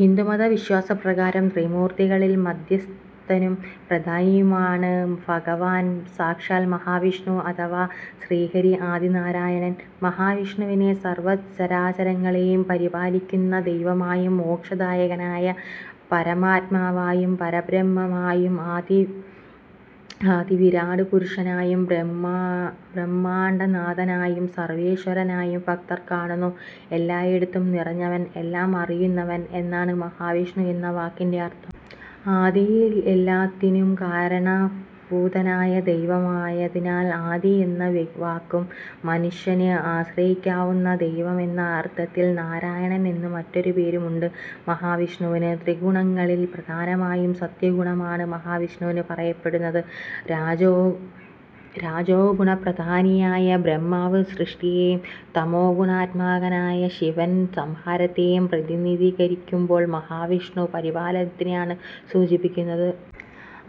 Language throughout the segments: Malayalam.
ഹിന്ദുമത വിശ്വാസപ്രകാരം ത്രിമൂർത്തികളിൽ മധ്യസ്ഥനും, പ്രധാനിയുമാണ് ഭഗവാൻ സാക്ഷാൽ മഹാവിഷ്ണു അഥവാ ശ്രീഹരി ആദിനാരായണൻ. ' മഹാ വിഷ്ണുവിനെ സർവ്വചരാചരങ്ങളെയും പരിപാലിക്കുന്ന ദൈവമായും മോക്ഷദായകനായ "പരമാത്മാവായും", "പരബ്രഹ്മം ആയും", "ആദി വിരാട് പുരുഷനായും", "ബ്രഹ്മാണ്ഡനാഥനായും", "സർവ്വേശ്വരനായും" ഭക്തർ കാണുന്നു. "എല്ലായിടത്തും നിറഞ്ഞവൻ", "എല്ലാം അറിയുന്നവൻ" എന്നാണ് മഹാവിഷ്ണു എന്ന വാക്കിന്റെ അർത്ഥം. ആദിയിൽ എല്ലാത്തിനും കാരണഭൂതനായ ദൈവം ആയതിനാൽ "ആദി" എന്ന വാക്കും; "മനുഷ്യന് ആശ്രയിക്കാവുന്ന ദൈവം" എന്ന അർത്ഥത്തിൽ "നാരായണൻ" എന്ന് മറ്റൊരു പേരും ഉണ്ട് മഹാവിഷ്ണുവിന്. ത്രിഗുണങ്ങളിൽ പ്രധാനമായും സത്വഗുണമാണ് മഹാവിഷ്ണുവിന് പറയപ്പെടുന്നത്. രജോഗുണപ്രധാനിയായ ബ്രഹ്മാവ് സൃഷ്ടിയേയും തമോഗുണാത്മകനായ ശിവൻ സംഹാരത്തേയും പ്രതിനിധീകരിക്കുമ്പോൾ മഹാവിഷ്ണു പരിപാലനത്തെയാണ് സൂചിപ്പിക്കുന്നത്.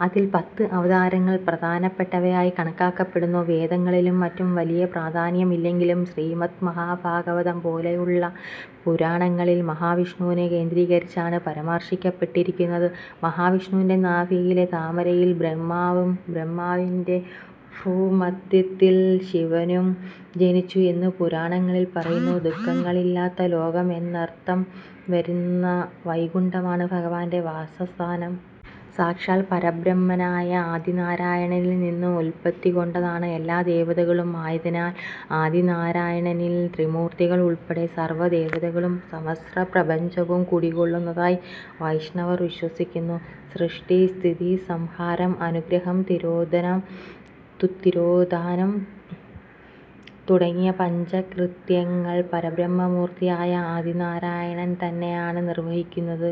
അതിൽ പത്ത് അവതാരങ്ങൾ പ്രധാനപ്പെട്ടവയായി കണക്കാക്കപ്പെടുന്നു. വേദങ്ങളിലും മറ്റും വലിയ പ്രാധാന്യം ഇല്ലെങ്കിലും ശ്രീമദ് മഹാഭാഗവതം പോലെയുള്ള പുരാണങ്ങളിൽ മഹാവിഷ്ണുവിനെ കേന്ദ്രീകരിച്ചാണ് പരാമർശിക്കപ്പെട്ടിരിക്കുന്നത്. മഹാവിഷ്ണുവിന്റെ നാഭിയിലെ താമരയിൽ ബ്രഹ്മാവും ബ്രഹ്മാവിന്റെ ഭ്രൂമധ്യത്തിൽനിന്ന് ശിവനും ജനിച്ചു എന്ന് പുരാണങ്ങളിൽ പറയുന്നു. ദുഃഖങ്ങളില്ലാത്ത ലോകം എന്നർത്ഥം വരുന്ന "വൈകുണ്ഠമാണ്" ഭഗവാന്റെ വാസസ്ഥാനം. സാക്ഷാൽ പരബ്രഹ്മനായ ആദിനാരായണനിൽ നിന്നു ഉൽപത്തി കൊണ്ടതാണ് എല്ലാ ദേവതകളും ആയതിനാൽ ആദിനാരായണനിൽ ത്രിമൂർത്തികൾ ഉൾപ്പെടെ സർവ്വ ദേവതകളും, സമസ്ഥപ്രപഞ്ചവും കുടികൊള്ളുന്നതായി വൈഷ്ണവർ വിശ്വസിക്കുന്നു. സൃഷ്ടി, സ്ഥിതി, സംഹാരം, അനുഗ്രഹം, തിരോധനം തിരോധാനം തുടങ്ങിയ പഞ്ചകൃത്യങ്ങൾ പരബ്രഹ്മ മൂർത്തിയായ ആദിനാരായണൻതന്നെ ആണ് നിർവഹിക്കുന്നത്.